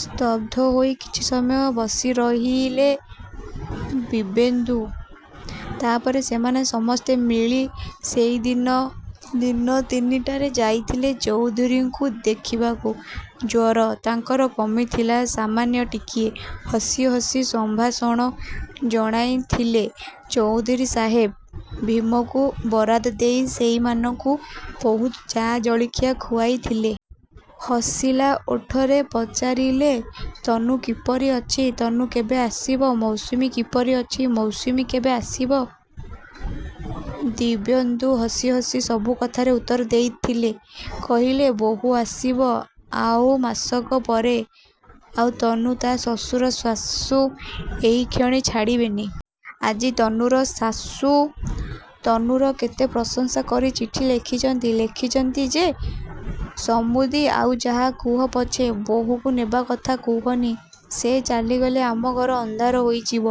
ସ୍ତବ୍ଧ ହୋଇ କିଛି ସମୟ ବସିରହିଲେ ଦିବ୍ୟେନ୍ଦୁ। ତା'ପରେ... ସେମାନେ ସମସ୍ତେ ମିଳି ସେଇଦିନ ଦିନ ତିନିଟାରେ ଯାଇଥିଲେ ଚୌଧୁରୀଙ୍କୁ ଦେଖିବାକୁ। ଜ୍ୱର ତାଙ୍କର କମିଥିଲା ସାମାନ୍ୟ ଟିକିଏ। ହସି ହସି ସମ୍ଭାଷଣ ଜଣାଇଥିଲେ ଚୌଧୁରୀ ସାହେବ। ଭୀମକୁ ବରାଦ ଦେଇ ସେଇମାନଙ୍କୁ ବହୁତ ଚା, ଜଳଖିଆ ଖୁଆଇଥିଲେ। ହସିଲା ଓଠରେ ପଚାରିଲେ–ତନୁ କିପରି ଅଛି? ତନୁ କେବେ ଆସିବ? ମୌସୁମୀ କିପରି ଅଛି-? ମୌସୁମୀ କେବେ ଆସିବ? ଦିବ୍ୟେନ୍ଦୁ ହସି ହସି ସବୁ କଥାର ଉତ୍ତର ଦେଇଥିଲେ। କହିଥିଲେ– ବୋହୂ ଆସିବ ଆଉ ମାସକ ପରେ। ଆଉ ତନୁକୁ ତା' ଶ୍ୱଶୁର ଶାଶୂ ଏଇକ୍ଷଣି ଛାଡ଼ିବେନି। ଆଜି ତନୁର ଶାଶୂ ତନୁର କେତେ ପ୍ରଶଂସା କରି ଚିଠି ଲେଖିଛନ୍ତି। ଲେଖିଛନ୍ତି ଯେ। ସମୁଦି, ଆଉ ଯାହା କୁହ ପଛେ ବୋହୂକୁ ନେବା କଥା କୁହନି। ସେ ଚାଲିଗଲେ ଆମ ଘର ଅନ୍ଧାର ହୋଇଯିବ।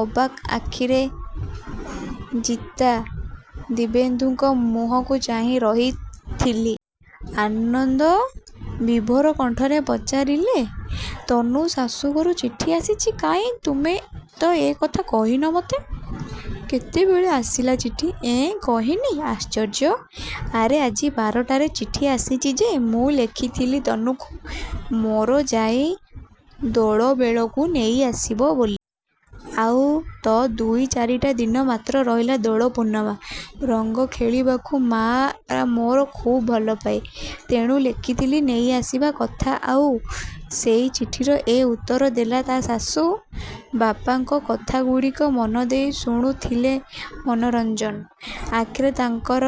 ଅବାକ ଆଖିରେ ଜିତା ଦିବ୍ୟେନ୍ଦୁଙ୍କ ମୁହଁକୁ ଚାହିଁ ରହିଥିଲି। ଆନନ୍ଦ ବିଭୋର କଣ୍ଠରେ ପଚାରିଲେ–ତନୁ ଶାଶୂଘରୁ ଚିଠିଆସିଛି! କାଇଁ, ତୁମେ ତ ଏ କଥା କହିନ ମତେ! କେତେବେଳେ ଆସିଲା ଚିଠି? ଏଁ, କହିନି! ଆଶ୍ଚର୍ଯ୍ୟ! ଆରେ ଆଜି ବାରଟାରେ ଚିଠି ଆସିଛି ଯେ। ମୁଁ ଲେଖିଥିଲି ତନୁକୁ ମୋର ଯାଇ ଦୋଳବେଳକୁ ନେଇଆସିବ ବୋଲି। ଆଉ ତ ଦୁଇ, ଚାରିଟା ଦିନ ମାତ୍ର ରହିଲା ଦୋଳପୂର୍ଣ୍ଣିମା। ରଙ୍ଗ ଖେଳିବାକୁ ମାଆ ମୋର ଖୁବ୍ ଭଲପାଏ। ତେଣୁ ଲେଖିଥିଲି ନେଇଆସିବା କଥା। ଆଉ ସେଇ ଚିଠିର ଏଇ ଉତ୍ତର ଦେଲେ ତା' ଶାଶୂ। ବାପାଙ୍କ କଥାଗୁଡ଼ିକ ମନଦେଇ ଶୁଣୁଥିଲେ ମନୋରଞ୍ଜନ। ଆଖିରେ ତାଙ୍କର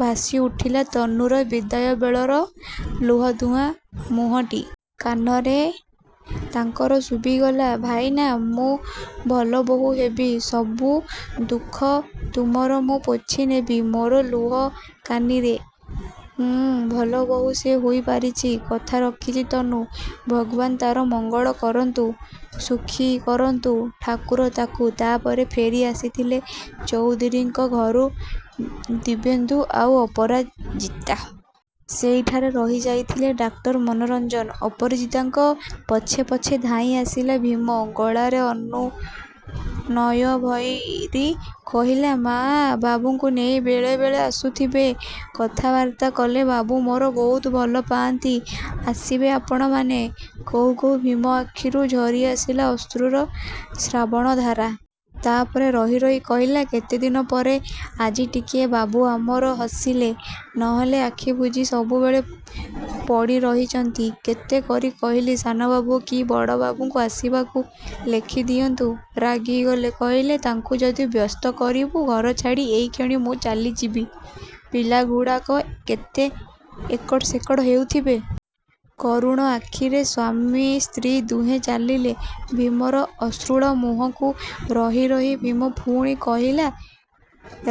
ଭାସିଉଠିଲା ତନୁର ବିଦାୟ ବେଳର ଲୁହଧୁଆ ମୁହଁଟି। କାନରେ ତାଙ୍କର ଶୁଭିଗଲା–ଭାଇନା, ମୁଁ ଭଲ ବୋହୂ ହେବି। ସବୁ ଦୁଃଖ ତୁମର ମୁଁ ପୋଛିନେବି ମୋରି ଲୁଗା କାନିରେ। ହୁଁ ଭଲ ବୋହୂ ସେ ହୋଇପାରିଛି। କଥା ରଖିଛି ତନୁ। ଭଗବାନ ତା'ର ମଙ୍ଗଳ କରନ୍ତୁ, ସୁଖୀ କରନ୍ତୁ ଠାକୁର ତାକୁ। ତା'ପରେ ଫେରିଆସିଥିଲେ ଚୌଧୁରୀଙ୍କ ଘରୁ ଦିବ୍ୟେନ୍ଦୁ ଆଉ ଅପରାଜିତା। ସେଇଠାରେ ରହିଯାଇଥିଲେ ଡାକ୍ତର ମନୋରଞ୍ଜନ। ଅପରାଜିତାଙ୍କ ପଛେ ପଛେ ଧାଇଁଆସିଥିଲା ଭୀମ। ଗଳାରେ ଅନୁନୟ ଭରି କହିଥିଲା–ମାଆ, ବାବୁଙ୍କୁ ନେଇ ବେଳେ ବେଳେ ଆସୁଥିବେ। କଥାବାର୍ତ୍ତା କଲେ ବାବୁ ମୋର ବହୁତ ଭଲପାଆନ୍ତି। ଆସିବେ ଆପଣମାନେ। କହୁ କହୁ ଭୀମ ଆଖିରୁ ଝରିଆସିଲା ଅଶ୍ରୁର ଶ୍ରାବଣଧାରା। ତା'ପରେ ରହି ରହି କହିଲା, କେତେଦିନ ପରେ ଆଜି ଟିକିଏ ବାବୁ ଆମର ହସିଲେ। ନହେଲେ–ଆଖିବୁଜି ସବୁବେଳେ ପଡ଼ି ରହିଛନ୍ତି। କେତେ କରି କହିଲି–ସାନବାବୁ କି ବଡ଼ବାବୁଙ୍କୁ ଆସିବାକୁ ଲେଖିଦିଅନ୍ତୁ; ରାଗିଗଲେ। କହିଲେ–ତାଙ୍କୁ ଯଦି ବ୍ୟସ୍ତ କରିବୁ, ଘରଛାଡ଼ି ଏଇକ୍ଷଣି ମୁଁ ଚାଲିଯିବି। ପିଲାଗୁଡ଼ାକ କେତେ ଏକଡ଼ ସେକଡ଼ ହେଉଥିବେ। କରୁଣ ଆଖିରେ ସ୍ୱାମୀ ସ୍ତ୍ରୀ ଦୁହେଁ ଚାହିଁଲେ ଭୀମର ଅଶ୍ରୁଳ ମୁହଁକୁ। ରହି ରହି ଭୀମ ପୁଣି କହିଲା–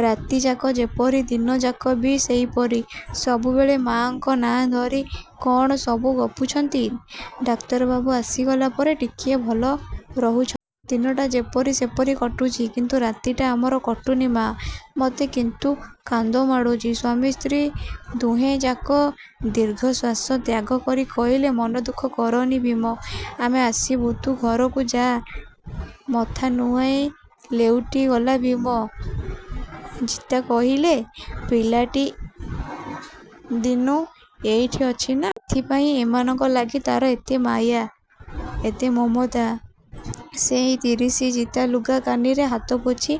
ରାତିଯାକ ଯେପରି, ଦିନଯାକ ବି ସେଇପରି। ସବୁବେଳେ ମାଆଙ୍କ ନାଁ ଧରି କଅଣ ସବୁ ଗପୁଛନ୍ତି। ଡାକ୍ତର ବାବୁ ଆସିଗଲା ପରେ ଟିକିଏ ଭଲ ରହୁଛନ୍ତି। ଦିନଟା ଯେପରି ସେପରି କଟୁଛି। କିନ୍ତୁ ରାତି ଆମର କଟୁନି ମାଆ। ମତେ କିନ୍ତୁ କାନ୍ଦମାଡ଼ୁଛି। ସ୍ୱାମୀ ସ୍ତ୍ରୀ ଦୁହେଁଯାକ ଦୀର୍ଘଶ୍ୱାସ ତ୍ୟାଗକରି କହିଲେ– ମନଦୁଃଖ କରନା ଭୀମ। ଆମେ ଆସିବୁ। ତୁ ଘରକୁ ଯାଆ। ମଥା ନୁଆଁଇ ଲେଉଟିଗଲା ଭୀମ। ଜିତା କହିଲେ– ପିଲାଟି ଦିନୁଁ ଏଇଠି ଅଛି ନା। ସେଇଥିପାଇଁ ଏମାନଙ୍କ ଲାଗି ତା'ର ଏତେ ମାୟା, ଏତେ ମମତା। ସଇଁତିରିଷ ଜିତା ଲୁଗା କାନିରେ ହାତ ପୋଛି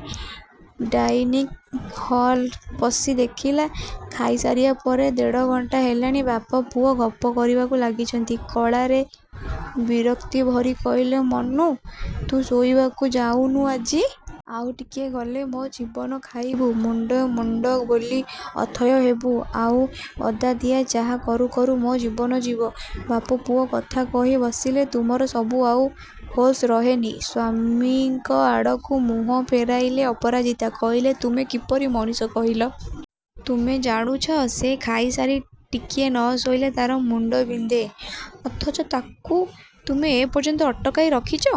ଡାଇନିଙ୍ଗ୍ ହଲ୍ରେ ପଶି ଦେଖିଲେ–ଖାଇସାରିବା ପରେ ଦେଢ଼ଘଣ୍ଟା ହେଲାଣି–ବାପ, ପୁଅ ଗପ କରିବାରେ ଲାଗିଛନ୍ତି। ଗଳାରେ ବିରକ୍ତିଭରି କହିଲେ ମନୁ ତୁ ଶୋଇବାକୁ ଯାଇନୁ ଆଜି? ଆଉ ଟିକିଏ ଗଲେ ମୋ ଜୀବନ ଖାଇବୁ। ମୁଣ୍ଡ, ମୁଣ୍ଡ ବୋଲି ଅଥୟ ହେବୁ। ଆଉ ଅଦାଦିଆ ଚାହା କରୁ କରୁ ମୋ ଜୀବନ ଯିବ। ବାପ, ପୁଅ କଥାକହି ବସିଲେ, ତୁମର ସବୁ ଆଉ ହୋସ ରହେନି। ସ୍ୱାମୀଙ୍କଆଡ଼କୁ ମୁହଁ ଫେରାଇଲେ ଅପରାଜିତା। କହିଲେ–ତୁମେ କିପରି ମଣିଷ କହିଲ। ତୁମେ ଜାଣୁଛ ସେ ଖାଇସାରି ଟିକିଏ ନ ଶୋଇଲେ ତା'ର ମୁଣ୍ଡ ବିନ୍ଧେ। ଅଥଚ ତାକୁ ତୁମେ ଏପର୍ଯ୍ୟନ୍ତ ଅଟକାଇ ରଖିଛ।